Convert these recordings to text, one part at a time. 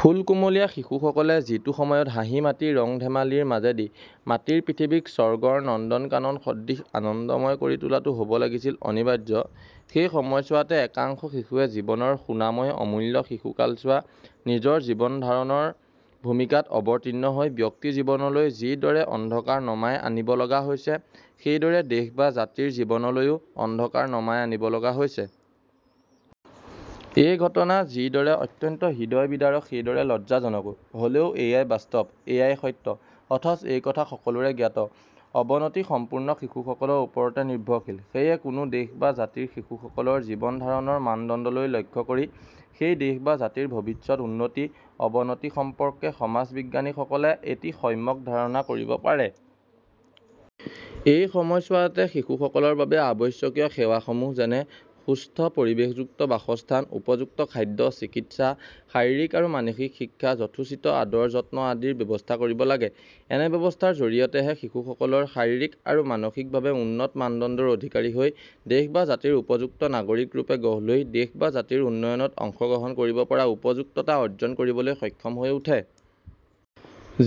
ফুল কুমলীয়া শিশুসকলে যিটো সময়ত হাঁহি-মাতি, ৰং-ধেমালিৰ মাজেদি মাটিৰ পৃথিৱীক স্বৰ্গৰ নন্দন কানন সদৃশ আনন্দময় কৰি তোলাটো হ'ব লাগিছিল অনিবাৰ্য, সেই সময়ছোৱাতে একাংশ শিশুৱে জীৱনৰ সোণাময় অমূল্য শিশুকালছোৱা নিজৰ জীৱন ধাৰণৰ ভূমিকাত অৱতীৰ্ণ হৈ ব্যক্তি জীৱনলৈ যি দৰে অন্ধকাৰ নমাই আনিবলগা হৈছে সেইদৰে দেশ বা জাতিৰ জীৱনলৈও অন্ধকাৰ নমাই আনিবলগা হৈছে। এই ঘটনা যি দৰে অত্যন্ত হৃদয় বিদাৰক, সেইদৰে লজ্জাজনকো, হ'লেও এয়াই বাস্তৱ, এয়াই সত্য। অথচ এই কথা সকলোৰে জ্ঞাত, অৱনতি সম্পূৰ্ণ শিশুসকলৰ ওপৰতে নিৰ্ভৰশীল। সেয়ে কোনো দেশ বা জাতিৰ শিশুসকলৰ জীৱন-ধাৰণৰ মানদণ্ডলৈ লক্ষ্য কৰি সেই দেশ বা জাতিৰ ভৱিষ্যৎ উন্নতি, অৱনতি সম্পৰ্কে সমাজ-বিজ্ঞানীসকলে এটি সম্যক ধাৰণা কৰিব পাৰে। এই সময়ছোৱাতে শিশুসকলৰ বাবে আৱশ্যকীয় সেৱাসমূহ যেনে- সুস্থ পৰিৱেশযুক্ত বাসস্থান, উপযুক্ত খাদ্য, চিকিৎসা, শাৰীৰিক আৰু মানসিক শিক্ষা, যথোচিত আদৰ-যত্ন আদিৰ ব্যৱস্থা কৰিব লাগে। এনে ব্যৱস্থাৰ জৰিয়তেহে শিশুসকলৰ শাৰীৰিক আৰু মানসিকভাৱে উন্নত মানদণ্ডৰ অধিকাৰী হৈ দেশ বা জাতিৰ উপযুক্ত নাগৰিক ৰূপে গঢ় লৈ দেশ বা জাতিৰ উন্নয়নত অংশ গ্ৰহণ কৰিব পৰা উপযুক্ততা অৰ্জন কৰিবলৈ সক্ষম হৈ উঠে।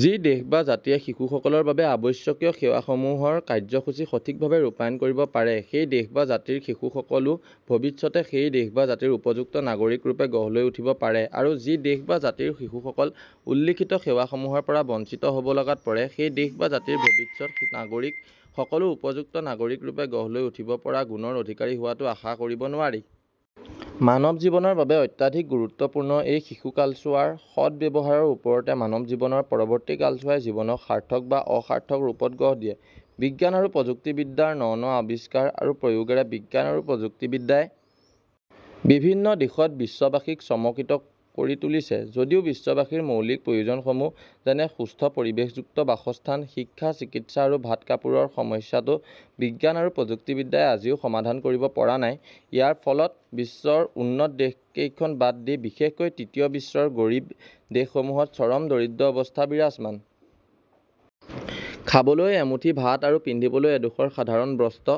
যি দেশ বা জাতিয়ে শিশুসকলৰ বাবে আৱশ্যকীয় সেৱাসমূহৰ কাৰ্য্যসূচী সঠিকভাৱে ৰূপায়ণ কৰিব পাৰে সেই দেশ বা জাতিৰ শিশুসকলো ভৱিষ্যতে সেই দেশ বা জাতিৰ উপযুক্ত নাগৰিক ৰূপে গঢ় লৈ উঠিব পাৰে আৰু যি দেশ বা জাতিৰ শিশুসকল উল্লিখিত সেৱাসমূহৰপৰা বঞ্চিত হ'ব লগাত পৰে সেই দেশ বা জাতিৰ ভৱিষ্যৎ নাগৰিক সকলো উপযুক্ত নাগৰিক ৰূপে গঢ় লৈ উঠিব পৰা গুণৰ অধিকাৰী হোৱাটো আশা কৰিব নোৱাৰি। মানৱ জীৱনৰ বাবে অত্যধিক গুৰুত্বপূৰ্ণ এই শিশু কালছোৱাৰ সৎ ব্যৱহাৰৰ ওপৰতে মানৱ জীৱনৰ পৰৱৰ্তী কালছোৱাই জীৱনক সাৰ্থক বা অসাৰ্থক ৰূপত গঢ় দিয়ে। বিজ্ঞান আৰু প্ৰযুক্তি বিদ্যাৰ ন-ন আৱিষ্কাৰ আৰু প্ৰয়োগেৰে বিজ্ঞান আৰু প্ৰযুক্তিবিদ্যাই বিভিন্ন দিশত বিশ্ববাসীক চমকৃত কৰি তুলিছে যদিও বিশ্ববাসীৰ মৌলিক প্ৰয়োজনসমূহ, যেনে- সুস্থ পৰিৱেশযুক্ত বাসস্থান, শিক্ষা, চিকিৎসা আৰু ভাত-কাপোৰৰ সমস্যাটো বিজ্ঞান আৰু প্ৰযুক্তিবিদ্যাই আজিও সমাধান কৰিব পৰা নাই৷ ইয়াৰ ফলত বিশ্বৰ উন্নত দেশকেইখন বাদ দি বিশেষকৈ তৃতীয় বিশ্বৰ গৰীব দেশসমূহত চৰম দৰিদ্ৰ অৱস্থা বিৰাজমান। খাবলৈ এমুঠি ভাত আৰু পিন্ধিবলৈ এডোখৰ সাধাৰণ বস্ত্ৰ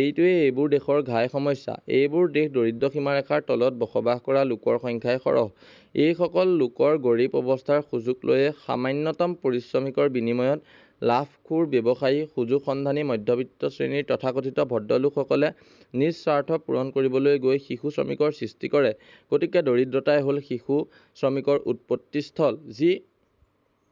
এইটোৱে এইবোৰ দেশৰ ঘাই সমস্যা। এইবোৰ দেশ দৰিদ্ৰ সীমাৰেখাৰ তলত বসবাস কৰা লোকৰ সংখ্যাই সৰহ। এই সকল লোকৰ গৰীব অৱস্থাৰ সুযোগ লৈয়ে সামান্যতম পাৰিশ্ৰমিকৰ বিনিময়ত লাভখোৰ ব্যৱসায়ী, সুযোগ-সন্ধানী মধ্যবিত্ত শ্ৰেণীৰ তথাকথিত ভদ্ৰলোকসকলে নিজ স্বাৰ্থ পূৰণ কৰিবলৈ গৈ শিশু শ্ৰমিকৰ সৃষ্টি কৰে। গতিকে দৰিদ্ৰতাই হ'ল শিশু শ্ৰমিকৰ উৎপত্তি স্থল। যি